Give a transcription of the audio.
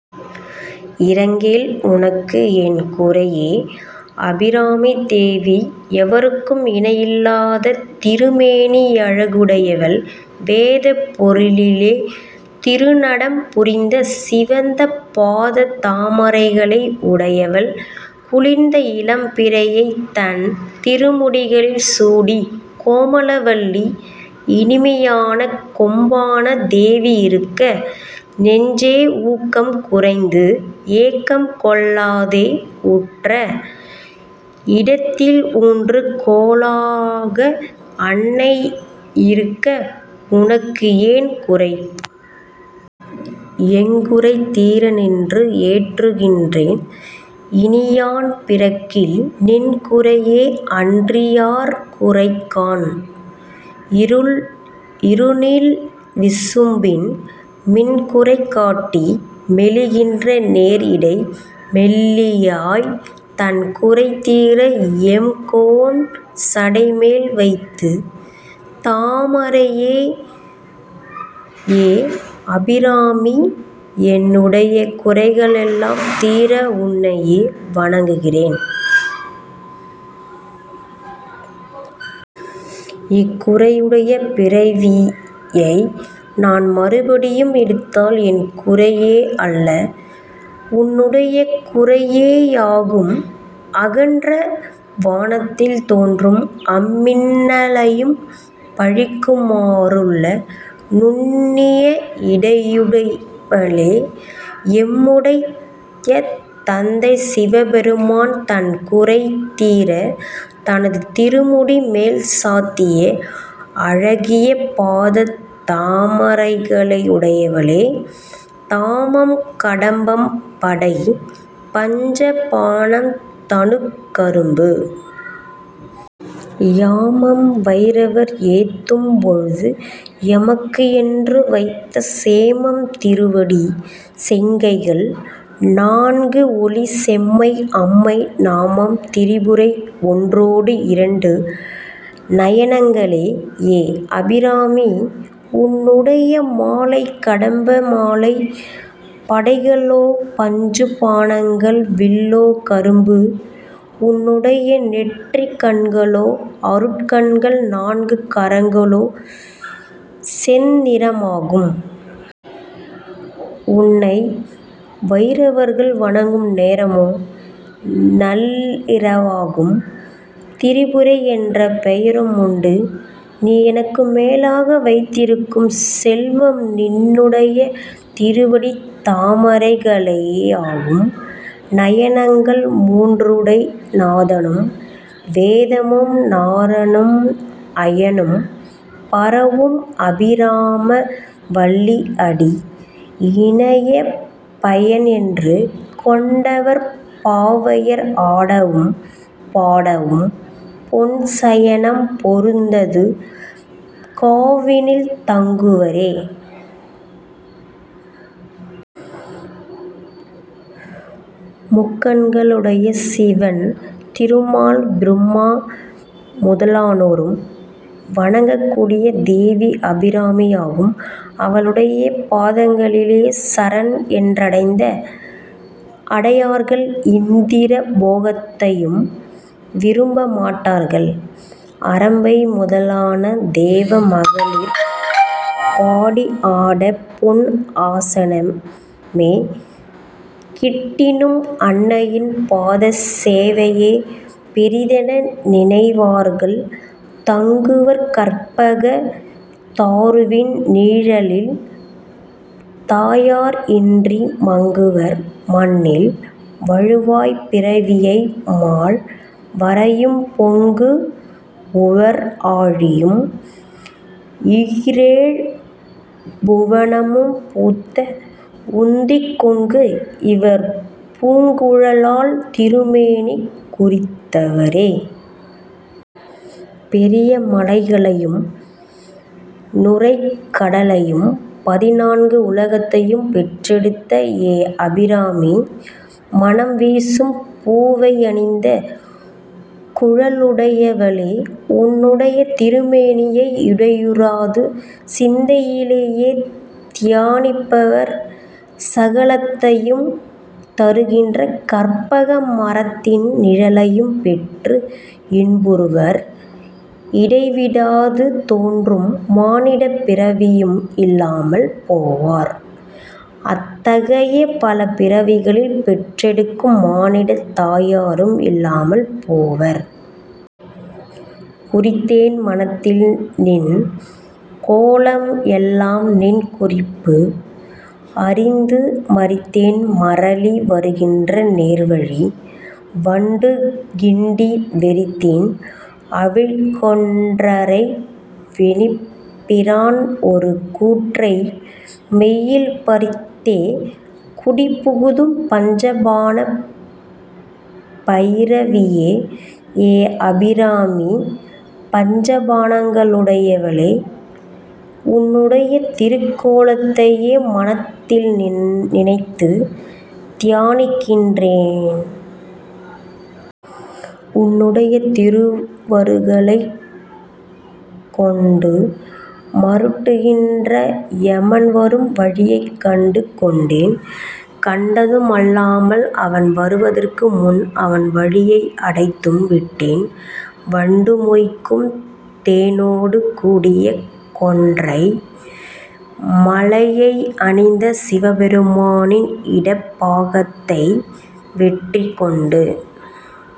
-இரங்கேல், உனக்கு என் குறையே? அபிராமித் தேவி எவருக்கும் இணையில்லாத திருமேனியழகுடையவள். வேதப் பொருளிலே திருநடம் புரிந்த சிவந்த பாதத் தாமரைகளை உடையவள். குளிர்ந்த இளம்பிறையைத் தன் திருமுடிகளில் சூடிய கோமளவல்லி, இனிமையான கொம்பான தேவி இருக்க, நெஞ்சே! ஊக்கம் குறைந்து, ஏக்கம் கொள்ளாதே! உற்ற இடத்தில் ஊன்று கோலாக அன்னை இருக்க உனக்கு ஏன் குறை?: எங்குறை தீரநின்று ஏற்றுகின்றேன், இனி யான் பிறக்கில், நின் குறையே அன்றி யார் குறை காண்? -இரு நீள் விசும்பின் மின் குறை காட்டி மெலிகின்ற நேர் இடை மெல்லியலாய். தன் குறை தீர, எம்கோன் சடை மேல் வைத்த தாமரையே. ஏ, அபிராமி! என்னுடைய குறைகளெல்லாம் தீர உன்னையே வணங்குகின்றேன். இக்குறையுடைய பிறவியை நான் மறுபடியும் எடுத்தால் என் குறையே அல்ல. உன்னுடைய குறையேயாகும். அகன்ற வானத்தில் தோன்றும் அம்மின்னலையும் பழிக்குமாறுள்ள நுண்ணிய இடையையுடையவளே! எம்முடைய தந்தை சிவபெருமான், தன் குறை தீர, தனது திருமுடி மேல் சாத்திய அழகிய பாதத் தாமரைகளையுடையவளே!: தாமம் கடம்பு, படை பஞ்ச பாணம், தனுக் கரும்பு,। யாமம் வயிரவர் ஏத்தும் பொழுது, எமக்கு என்று வைத்த சேமம் திருவடி, செங்கைகள் நான்கு, ஒளி செம்மை, அம்மை நாமம் திரிபுரை, ஒன்றோடு இரண்டு நயனங்களே. ஏ, அபிராமி! உன்னுடைய மாலை, கடம்ப மாலை, படைகளோ பஞ்ச பாணங்கள்; வில்லோ கரும்பு; உன்னுடைய நெற்றிக் கண்களோ அருட் கண்கள்; நான்கு கரங்களோ செந்நிறமாகும். உன்னை வயிரவர்கள் வணங்கும் நேரமோ நள்ளிரவாகும். திரிபுரை என்ற பெயரும் உண்டும். நீ எனக்கு மேலாக வைத்திருக்கும் செல்வம் நின்னுடைய திருவடித் தாமரைகளேயாகும்.: நயனங்கள் மூன்றுடை நாதனும், வேதமும், நாரணனும், அயனும் பரவும் அபிராம வல்லி அடி இணையைப் பயன் என்று கொண்டவர், பாவையர் ஆடவும் பாடவும், பொன் சயனம் பொருந்து தமனியக் காவினில் தங்குவரே. முக்கண்களையுடைய சிவன், திருமால், பிரும்மா முதலானோரும் வணங்கக்கூடிய தேவி அபிராமியாகும். அவளுடைய பாதங்களிலே சரண் என்றடைந்த அடியார்கள் இந்திர போகத்தையும் விரும்ப மாட்டார்கள். அரம்பை முதலான தேவ மகளிர் பாடி, ஆட, பொன் ஆசனமே கிட்டினும், அன்னையின் பாதச் சேவையையே பெரிதென நினைவார்கள்.: தங்குவர், கற்பக தாருவின் நீழலில், தாயர் இன்றி மங்குவர், மண்ணில் வழுவாய் பிறவியை,-மால் வரையும், பொங்கு உவர் ஆழியும், ஈரேழ் புவனமும், பூத்த உந்திக் கொங்கு இவர் பூங்குழலாள் திருமேனி குறித்தவரே. பெரிய மலைகளையும், நுரைக் கடலையும், பதினான்கு உலகத்தையும் பெற்றெடுத்த ஏ அபிராமி! மணம் வீசும் பூவையணிந்த குழலுடையவளே! உன்னுடைய திருமேனியை இடையுறாது சிந்தையிலே தியானிப்பவர் சகலத்தையும் தருகின்ற கற்பக மரத்தின் நிழலையும் பெற்று இன்புறுவர். இடைவிடாது தோன்றும் மானிடப் பிறவியும் இல்லாமல் போவர். அத்தகைய பல பிறவிகளில் பெற்றெடுக்கும் மானிடத் தாயாரும் இல்லாமல் போவர்.: குறித்தேன் மனத்தில் நின் கோலம் எல்லாம், நின் குறிப்பு அறிந்து மறித்தேன் மறலி வருகின்ற நேர்வழி, வண்டு கிண்டி வெறித்தேன் அவிழ் கொன்றை வேணிப் பிரான் ஒரு கூற்றை, மெய்யில் பறித்தே, குடிபுகுதும் பஞ்ச பாண பயிரவியே. ஏ, அபிராமி! பஞ்ச பாணங்களையுடையவளே! உன்னுடைய திருக்கோலத்தையே மனத்தில் நினைத்து தியானிக்கின்றேன். உன்னுடைய திருவருளைக் கொண்டு, மருட்டுகின்ற யமன்வரும் வழியைக் கண்டு கொண்டேன். கண்டதும் அல்லாமல், அவன் வருவதற்கு முன், அவன் வழியை அடைத்தும் விட்டேன். வண்டு மொய்க்கும் தேனொடு கூடிய கொன்றை மாலையை அணிந்த சிவபெருமானின் இடப்பாகத்தை வெற்றி கொண்டு,